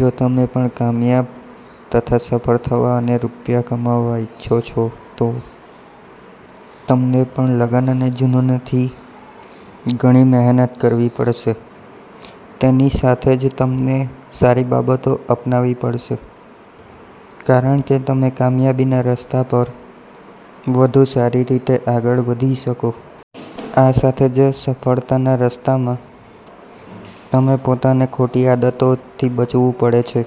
જો તમે પણ કામયાબ તથા સફળ થવા અને રૂપિયા કમાવવા ઇચ્છો છો તો તમને પણ લગન અને ઝનુનથી ઘણી મહેનત કરવી પડશે. તેની સાથે જ તમને સારી બાબતો અપનાવી પડશે. કારણ કે તમે કામયાબીના રસ્તા પર વધુ સારી રીતે આગળ વધી શકો. આ સાથે જ સફળતાના રસ્તામાં તમે પોતાને ખોટી આદતોથી બચવું પડે છે.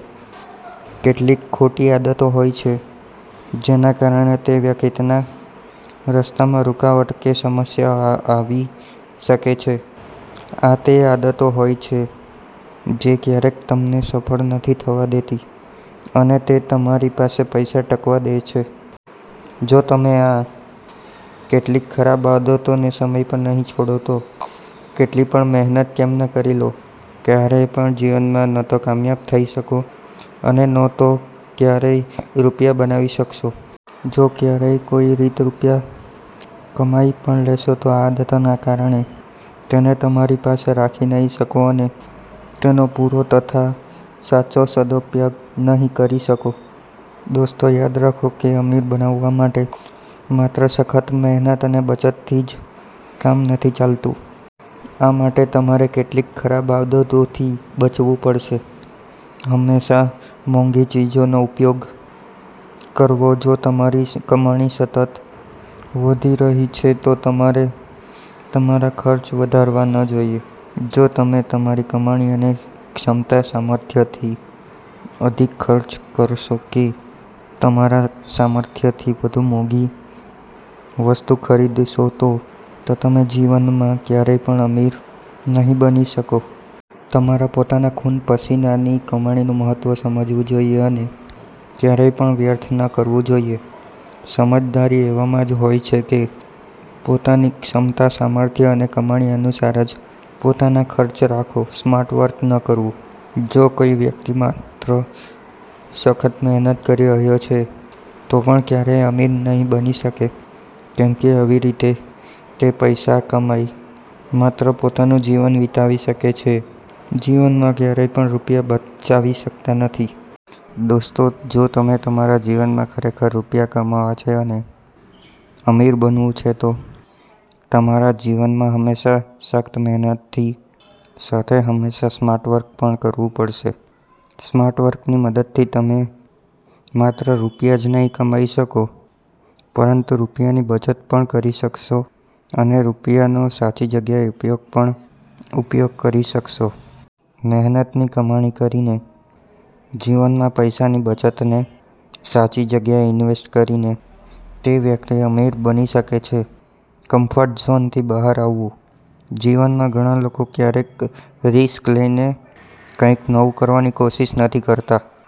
કેટલીક ખોટી આદતો હોય છે, જેના કારણે તે વ્યકિતના રસ્તામાં રૂકાવટ કે સમસ્યાઓ આવી શકે છે. આ તે આદતો હોય છે જે તમને કયારેક સફળ નથી થવા દેતી અને તે તમારી પાસે પૈસા ટકવા દે છે. જો તમે આ કેટલીક ખરાબ આદતોને સમય પર નહીં છોડો તો કેટલી પણ મહેનત કેમ ન કરી લો, કયારેય પણ જીવનમાં ન તો કામયાબ થઇ શકો અને ન તો કયારેય રૂપિયા બનાવી શકશો. જો કયારેય કોઇ રીત રૂપિયા કમાઇ પણ લેશો તો આ આદતોના કારણે તેને તમારી પાસે રાખી નહીં શકો અને તેનો પુરો તથા સાચો સદપયોગ નહીં કરી શકો. દોસ્તો યાદ રાખો કે અમીર બનાવવા માટે માત્ર સખ્ત મહેનત અને બચતથી જ કામ નથી ચાલતું. આ માટે તમારે કેટલીક ખરાબ આદતોથી બચવુ પડશે. હંમેશા મોંઘી ચીજોનો ઉપયોગ કરવો:જો તમારી કમાણી સતત વધી રહી છે તો તમારે તમારા ખર્ચ વધારવા ન જોઇએ. જો તમે તમારી કમાણી અને ક્ષમતા-સામર્થ્યથી અધિક ખર્ચ કરશો કે તમારા સામર્થ્યથી વધુ મોંઘી વસ્તુ ખરીદશો તો તમે જીવનમાં કયારેય પણ અમીર નહીં બની શકો. તમારા પોતાના ખુન-પસીનાની કમાણીનું મહત્વ સમજવું જોઇએ અને કયારેય પણ વ્યર્થ ન કરવું જોઇએ. સમજદારી એવામાં જ હોય છે કે પોતાની ક્ષમતા-સામર્થ્ય અને કમાણી અનુસાર જ પોતાના ખર્ચ રાખો. સ્માર્ટ વર્ક ન કરવું: જો કોઇ વ્યકિત માત્ર સખ્ત મહેનત કરી રહયો છે તો પણ કયારેય અમીર નહીં બની શકે, કેમ કે આવી રીતે તે પૈસા કમાઇ માત્ર પોતાનું જીવન વીતાવી શકે છે, જીવનમાં કયારેય પણ રૂપિયા બચાવી શકતા નથી. દોસ્તો જો તમે તમારા જીવનમાં ખરેખર રૂપિયા કમાવા છે અને અમીર બનવું છે તો તમારા જીવનમાં હંમેશા સખ્ત મહેનતથી સાથે હંમેશા સ્માર્ટ વર્ક પણ કરવું પડશે. સ્માર્ટ વર્કની મદદથી તમે માત્ર રૂપિયા જ નહીં કમાઇ શકો, પરંતુ રૂપિયાની બચત પણ કરી શકશો અને રૂપિયાનો સાચી જગ્યાએ ઉપયોગ પણ ઉપયોગ કરી શકશો. મહેનતની કમાણી કરીને જીવનમાં પૈસાની બચતને સાચી જગ્યાએ ઇન્વેસ્ટ કરીને તે વ્યકિત અમીર બની શકે છે. કંફર્ટ ઝોનથી બહાર આવવું: જીવનમાં ઘણા લોકો કયારેક રીસ્ક લઇને કંઇક નવું કરવાની કોશિષ નથી કરતા.